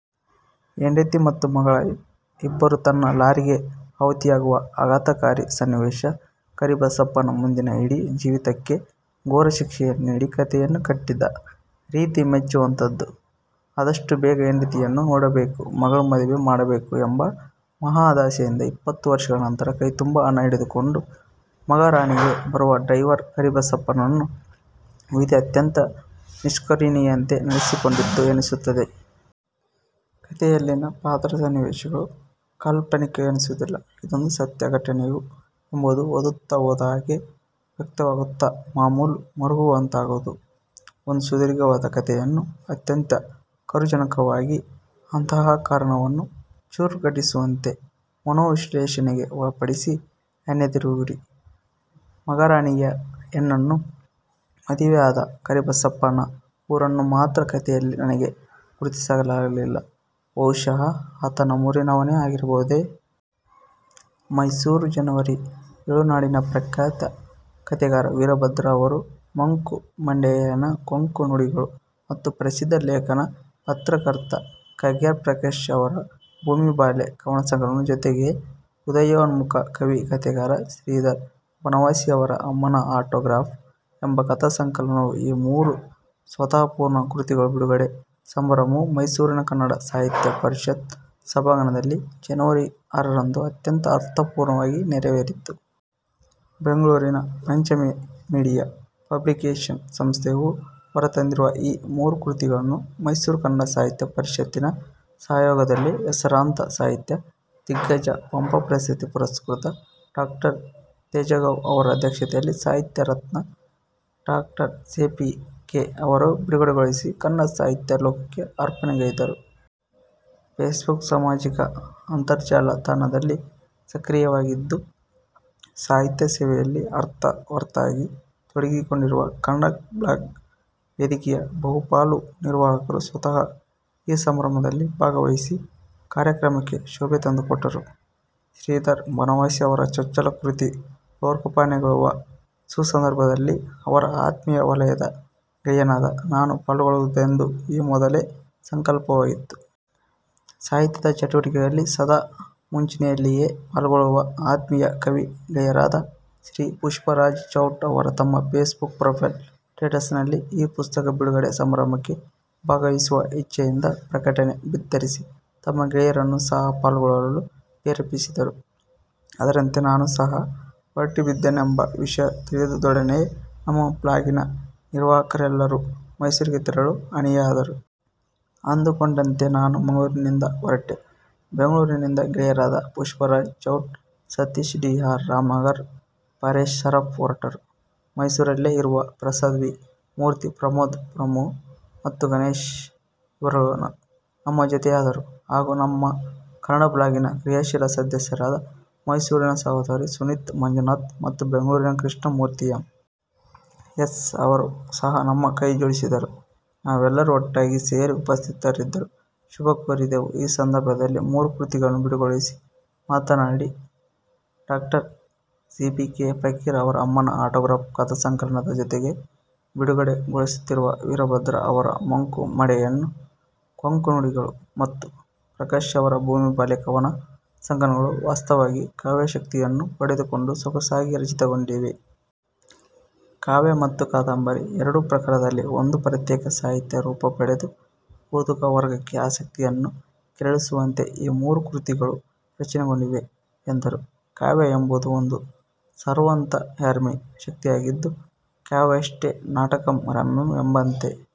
ಹೆಂಡತಿ ಮತ್ತು ಮಗಳು ಇಬ್ಬರೂ ತನ್ನ ಲಾರಿಗೆ ಆಹುತಿಯಾಗುವ ಆಘಾತಕಾರಿ ಸನ್ನೀವೇಷ, ಕರಿಬಸಪ್ಪನ ಮುಂದಿನ ಇಡೀ ಜೀವಿತಕ್ಕೆ ಘೋರ ಶಿಕ್ಷೆಯನ್ನೇ ನೀಡಿ ಕಥೆಯನ್ನು ಕಟ್ಟಿದ ರೀತಿ ಮೆಚ್ಚುವಂತದ್ದು. ಆದಷ್ಟು ಬೇಗ ಹೆಂಡತಿಯನ್ನು ನೋಡಬೇಕು, ಮಗಳ ಮದುವೆ ಮಾಡಬೇಕು ಎಂಬ ಮಹದಾಸೆಯಿಂದ ಇಪ್ಪತ್ತು ವರ್ಷಗಳ ನಂತರ ಕೈ ತುಂಬಾ ಹಣ ಹಿಡಿದುಕೊಂಡು ಮಗರಾಣಿಗೆ ಬರುವ ಡ್ರೈವರ್ ಕರಿಬಸಪ್ಪನನ್ನು ವಿಧಿ ಅತ್ಯಂತ ನಿಷ್ಕರುಣಿಯಂತೆ ನಡೆಸಿಕೊಂಡಿತು ಎನಿಸುತ್ತದೆ. ಕಥೆಯಲ್ಲಿನ ಪಾತ್ರ, ಸನ್ನೀವೇಷಗಳು ಕಾಲ್ಪನಿಕವೆನಿಸುವುದಿಲ್ಲ. ಇದೊಂದು ಸತ್ಯ ಘಟನೆಯೇ ಎಂಬುದು ಓದುತ್ತಾ ಹೋದ ಹಾಗೆ ವ್ಯಕ್ತವಾಗುತ್ತಾ ಮಮ್ಮಲ ಮರುಗುವಂತಾಗುವುದು. ಒಂದು ಸುದೀರ್ಘವಾದ ಕಥೆಯನ್ನು ಅತ್ಯಂತ ಕರುಣಾಜನಕವಾಗಿ, ಅಂತಃಕರಣವನ್ನು ಚುರ್ ಗುಟ್ಟಿಸುವಂತೆ, ಮನೋವಿಶ್ಲೇಷಣೆಗೆ ಒಳಪಡಿಸಿ ಹೆಣೆದಿರುವಿರಿ. ಮಗರಾಣಿಯ ಹೆಣ್ಣನ್ನು ಮದುವೆಯಾದ ಕರಿಬಸಪ್ಪನ ಊರನ್ನು ಮಾತ್ರ ಕಥೆಯಲ್ಲಿ ನನಗೆ ಗುರುತಿಸಲಾಗಿಲ್ಲ. ಬಹುಶಃ ಆತ ನಮ್ಮೂರಿನವನೇ ಆಗಿರಬಹುದೇ? ಮೈಸೂರು ಜನವರಿ ಎಳು ನಾಡಿನ ಪ್ರಖ್ಯಾತ ಕಥೆಗಾರ ವೀರಭದ್ರ ಅವರ 'ಮಂಕು ಮಡೆಯನ ಕೊಂಕು ನುಡಿಗಳು' ಮತ್ತು ಪ್ರಸಿದ್ಧ ಲೇಖಕ, ಪತ್ರಕರ್ತ ಕಗ್ಗೆರೆ ಪ್ರಕಾಶ್ ಅವರ 'ಭುವಿಬಾಲೆ' ಕವನ ಸಂಕಲನಗಳ ಜೊತೆಗೆ ಉದಯೋನ್ಮುಖ ಕವಿ, ಕಥೆಗಾರ ಶ್ರೀಧರ ಬನವಾಸಿ ಅವರ 'ಅಮ್ಮನ ಆಟೋ ಗ್ರಾಫ್' ಎಂಬ ಕಥಾ ಸಂಕಲನ, ಈ ಮೂರು ಸತ್ವಪೂರ್ಣ ಕೃತಿಗಳ ಬಿಡುಗಡೆ ಸಮಾರಂಭವು ಮೈಸೂರಿನ ಕನ್ನಡ ಸಾಹಿತ್ಯ ಪರಿಷತ್ ಸಭಾಂಗಣದಲ್ಲಿ ಜನವರಿ ಅರರಂದು ಅತ್ಯಂತ ಅರ್ಥಪೂರ್ಣವಾಗಿ ನೆರವೇರಿತು. ಬೆಂಗಳೂರಿನ ಪಂಚಮಿ ಮೀಡಿಯಾ ಪಬ್ಲಿಕೇಶನ್ ಸಂಸ್ಥೆಯು ಹೊರತಂದಿರುವ ಈ ಮೂರು ಕೃತಿಗಳನ್ನು ಮೈಸೂರು ಕನ್ನಡ ಸಾಹಿತ್ಯ ಪರಿಷತ್ತಿನ ಸಹಯೋಗದಲ್ಲಿ ಹೆಸರಾಂತ ಸಾಹಿತ್ಯ ದಿಗ್ಗಜ, ಪಂಪ ಪ್ರಶಸ್ತಿ ಪುರಸ್ಕೃತ ಡಾ ದೇಜಗೌ ಅವರ ಅಧ್ಯಕ್ಷತೆಯಲ್ಲಿ ಸಾಹಿತ್ಯ ರತ್ನ ಡಾ ಸಿ. ಪಿ. ಕೆ. ಅವರು ಬಿಡುಗಡೆಗೊಳಿಸಿ ಕನ್ನಡ ಸಾಹಿತ್ಯ ಲೋಕಕ್ಕೆ ಅರ್ಪಣೆ ಗೈದರು. ಫೇಸ್ ಬುಕ್ ಸಾಮಾಜಿಕ ಅಂತರ್ ಜಾಲ ತಾಣದಲ್ಲಿ ಸಕ್ರೀಯವಾಗಿದ್ದು ಸಾಹಿತ್ಯ ಸೇವೆಯಲ್ಲಿ ಅರ್ಥವತ್ತಾಗಿ ತೊಡಗಿಸಿಕೊಂಡಿರುವ "ಕನ್ನಡ ಬ್ಲಾಗ್" ವೇದಿಕೆಯ ಬಹುಪಾಲು ನಿರ್ವಾಹಕರು ಸ್ವತಃ ಈ ಸಮಾರಂಭದಲ್ಲಿ ಭಾಗವಹಿಸಿ ಕಾರ್ಯಕ್ರಮಕ್ಕೆ ಶೋಭೆ ತಂದುಕೊಟ್ಟರು. ಶ್ರೀಧರ ಬನವಾಸಿ ಅವರ ಚೊಚ್ಚಲ ಕೃತಿ ಲೋಕಾರ್ಪಣೆಗೊಳ್ಳುವ ಸುಸಂದರ್ಭದಲ್ಲಿ ಅವರ ಆತ್ಮೀಯ ವಲಯದ ಗೆಳೆಯನಾದ ನಾನು ಪಾಲ್ಗೊಳ್ಳವುದೆಂದು ಈ ಮೊದಲೇ ಸಂಕಲ್ಪವಾಗಿತ್ತು. ಸಾಹಿತ್ಯಿಕ ಚಟುವಟಿಕೆಗಳಲ್ಲಿ ಸದಾ ಮುಂಚೂಣಿಲ್ಲಿಯೇ ಪಾಲ್ಗೊಳ್ಳುವ ಆತ್ಮೀಯ ಕವಿ ಗೆಳೆಯರಾದ ಶ್ರೀ ಪುಷ್ಪರಾಜ್ ಚೌಟ ಅವರು ತಮ್ಮ ಫೇಸ್ ಬುಕ್ ಪ್ರೋಫೈಲ್ ಸ್ಟೇಟಸ್ ನಲ್ಲಿ ಈ ಪುಸ್ತಕ ಬಿಡುಗಡೆ ಸಮಾರಂಭಕ್ಕೆ ಭಾಗವಹಿಸುವ ಇಚ್ಚೆ ಯಿಂದ ಪ್ರಕಟಣೆ ಭಿತ್ತರಿಸಿ ತಮ್ಮ ಗೆಳೆಯರನ್ನು ಸಹ ಪಾಲ್ಗೊಳ್ಲಲು ಪ್ರೇರೇಪಿಸಿದರು. ಅದರಂತೆ ನಾನೂ ಸಹ ಹೊರಟಿದ್ದೇನೆಂಬ ವಿಷಯ ತಿಳಿದೊಡನೆಯೇ ನಮ್ಮ ಬ್ಲಾಗಿನ ನಿರ್ವಾಹಕರೆಲ್ಲರೂ ಮೈಸೂರಿಗೆ ತೆರಳಲು ಅಣಿಯಾದರು. ಅಂದುಕೊಂಡಂತೆ ನಾನು ಮಂಗಳೂರಿನಿಂದ ಹೊರಟೆ. ಬೆಂಗಳೂರಿನಿಂದ ಗೆಳೆಯರಾದ ಪುಷ್ಪರಾಜ್ ಚೌಟ, ಸತೀಶ ಡಿ. ಆರ್. ರಾಮನಗರ, ಫರೇಶ್ ಸರಾಫ್ ಹೊರಟರು. ಮೈಸೂರಲ್ಲೇ ಇರುವ ಪ್ರಸಾದ್ ವಿ. ಮೂರ್ತಿ, ಪ್ರಮೋದ ಪಮ್ಮು ಮತ್ತು ಗಣೇಶ್ ಇವರುಗಳು ನಮ್ಮ ಜೊತೆಯಾದರು ಹಾಗೂ ನಮ್ಮ ಕನ್ನಡ ಬ್ಲಾಗಿನ ಕ್ರಿಯಾಶೀಲ ಸದಸ್ಯರಾದ ಮೈಸೂರಿನ ಸಹೋದರಿ ಸುನೀತಾ ಮಂಜುನಾಥ ಮತ್ತು ಬೆಂಗಳೂರಿನ ಕೃಷ್ಣ ಮೂರ್ತಿ ಎಮ್. ಎಸ್. ಅವರು ಸಹ ನಮ್ಮ ಕೈ ಜೋಡಿಸಿದರು. ನಾವೆಲ್ಲರೂ ಒಟ್ಟಾಗಿ ಸೇರಿ ಉಪಸ್ಥಿತರಿದ್ದು ಶುಭಕೋರಿದೆವು. ಈ ಸಂದರ್ಭದಲ್ಲಿ ಮೂರೂ ಕೃತಿಗಳನ್ನು ಬಿಡುಗಡೆಗೊಳಿಸಿ ಮಾತನಾಡಿದ ಡಾ ಸಿ. ಪಿ. ಕೆ, ಫಕೀರ ಅವರ 'ಅಮ್ಮನ ಆಟೋಗ್ರಾಫ್' ಕಥಾ ಸಂಕಲನದ ಜೊತೆಗೆ ಬಿಡುಗಡೆಗೊಳಿಸುತ್ತಿರುವ ವೀರಭದ್ರ ಅವರ 'ಮಂಕು ಮಡೆಯನ ಕೊಂಕು ನುಡಿಗಳು' ಮತ್ತು ಪ್ರಕಾಶ್ ಅವರ 'ಭುವಿಬಾಲೆ' ಕವನ ಸಂಕಲನಗಳು ವಾಸ್ತವವಾಗಿ ಕಾವ್ಯಶಕ್ತಿಯನ್ನು ಪಡೆದುಕೊಂಡು ಸೊಗಸಾಗಿ ರಚಿತಗೊಂಡಿವೆ. ಕಾವ್ಯ ಮತ್ತು ಕಾದಂಬರಿ ಎರಡೂ ಪ್ರಕಾರದಲ್ಲಿ ಒಂದು ಪ್ರತ್ಯೇಕ ಸಾಹಿತ್ಯ ರೂಪ ಪಡೆದು ಓದುಗ ವರ್ಗಕ್ಕೆ ಆಸಕ್ತಿಯನ್ನು ಕೆರಳಿಸುವಂತೆ ಈ ಮೂರು ಕೃತಿಗಳು ರಚನೆಗೊಂಡಿವೆ ಎಂದರು. ಕಾವ್ಯ ಎಂಬುದು ಒಂದು ಸರ್ವಾಂತರ್ಯಾಮಿ ಶಕ್ತಿಯಾಗಿದ್ದು 'ಕಾವ್ಯೇಷು ನಾಟಕಂ ರಮ್ಯಂ' ಎಂಬಂತೆ